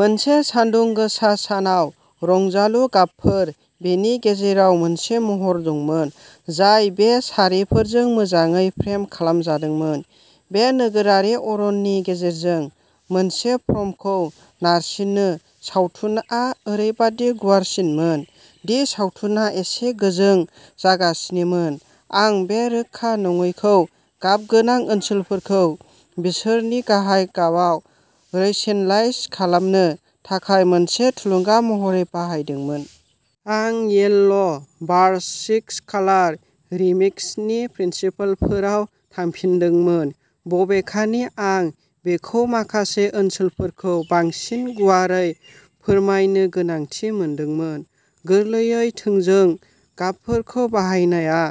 मोनसे सानदुं गोसा सानाव रंजालु गाबफोर। बेनि गेजेराव मोनसे महर दंमोन, जाय बे सारिफोरजों मोजाङै फ्रेम खालामजादोंमोन। बे नोगोरारि अरननि गेजेरजों मोनसे प्रमखौ नारसिनो। सावथुना ओरैबायदि गुवारसिनमोन दि सावथुना एसे गोजों जागासिनोमोन। आं बे रोखा नङैखौ गाबगोनां ओनसोलफोरखौ बिसोरनि गाहाय गाबाव रैसेनलाइज खालामनो थाखाय मोनसे थुलुंगा महरै बाहायदोंमोन। आं येल्ल'बार्स्ट सिक्स कालार रिमिक्स नि प्रिन्सिपलफोराव थांफिनदोंमोन। बबेखानि आं बेखौ माखासे ओनसोलफोरखौ बांसिन गुवारै फोरमायनो गोनांथि मोनदोंमोन। गोरलै थोंजों गाबफोरखौ बाहायनाया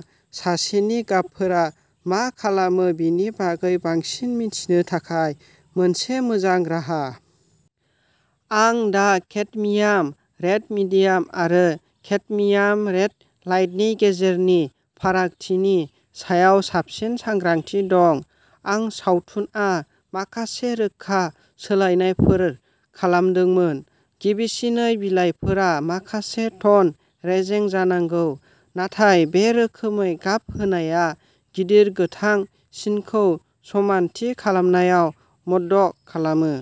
सासेनि गाबफोरा मा खालामो बेनि बागै बांसिन मिथिनो थाखाय मोनसे मोजां राहा। आं दा केडमियाम रेड मिडियाम आरो केडमियाम रेड लाइटनि गेजेरनि फारागथिनि सायाव साबसिन सांग्रांथि दं। आं सावथुना माखासे रोखा सोलायनायफोर खालामदोंमोन। गिबिसिनै बिलाइफोरा माखासे टन रेजें जानांगौ। नाथाय बे रोखोमै गाब होनायआ गिदिर गोथां सिनखौ समानथि खालामनायाव मदद खालामो।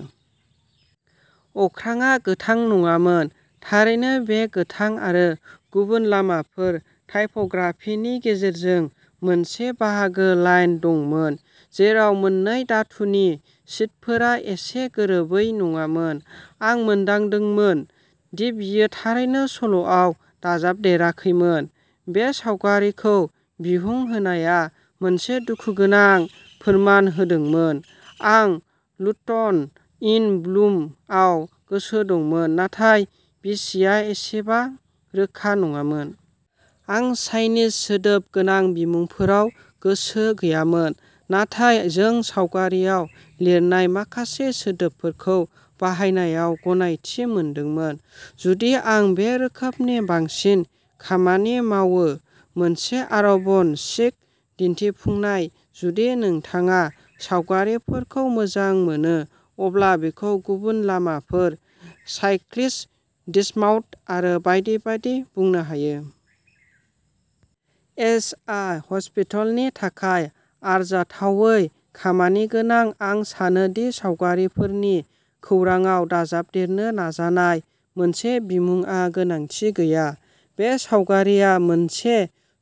अख्राङा गोथां नङामोन। थारैनो बे गोथां आरो गुबुन लामाफोर टाइप'ग्राफिनि गेजेरजों मोनसे बाहागो लाइन दंमोन जेराव मोननै धातुनि शीटफोरा एसे गोरोबै नङामोन आं मोनदांदोंमोन दि बेयो थारैनो सल'आव दाजाबदेराखैमोन। बे सावगारिखौ बिहुं होनाया मोनसे दुखुगोनां फोरमान होदोंमोन, आं लुटन इन ब्लुम आव गोसो दंमोन नाथाय बिसिया एसेबा रोखा नङामोन। आं साइनेज सोदोब गोनां बिमुंफोराव गोसो गैयामोन नाथाय जों सावगारिआव लिरनाय माखासे सोदोबफोरखौ बाहायनायाव गनायथि मोनदोंमोन। जुदि आं बे रोखोमनि बांसिन खामानि मावो मोनसे आरबन चिक दिन्थिफुंनाय जुदि नोंथाङा सावगारिफोरखौ मोजां मोनो अब्ला बेखौ गुबुन लामाफोर, साइक्लिस्ट डिसमाउट आरो बायदि बायदि बुंनो हायो। एच'आ हस्पिटलनि थाखाय आरजाथावै खामानिगोनां। आं सानो दि सावगारिफोरनि खौरांआव दाजाबदेरनो नाजानाय मोनसे बिमुंआ गोनांथि गैया। बे सावगारिआ मोनसे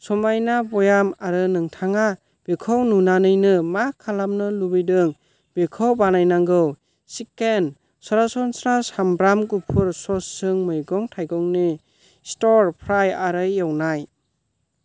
समायना बयाम आरो नोंथाङा बेखौ नुनानैनो मा खालामनो लुबैदों बेखौ बानायनांगौ। चिकेन। सरासनस्रा सामब्राम गुफुर ससजों मैगं-थाइगंनि स्टर फ्राइ आरो एवनाय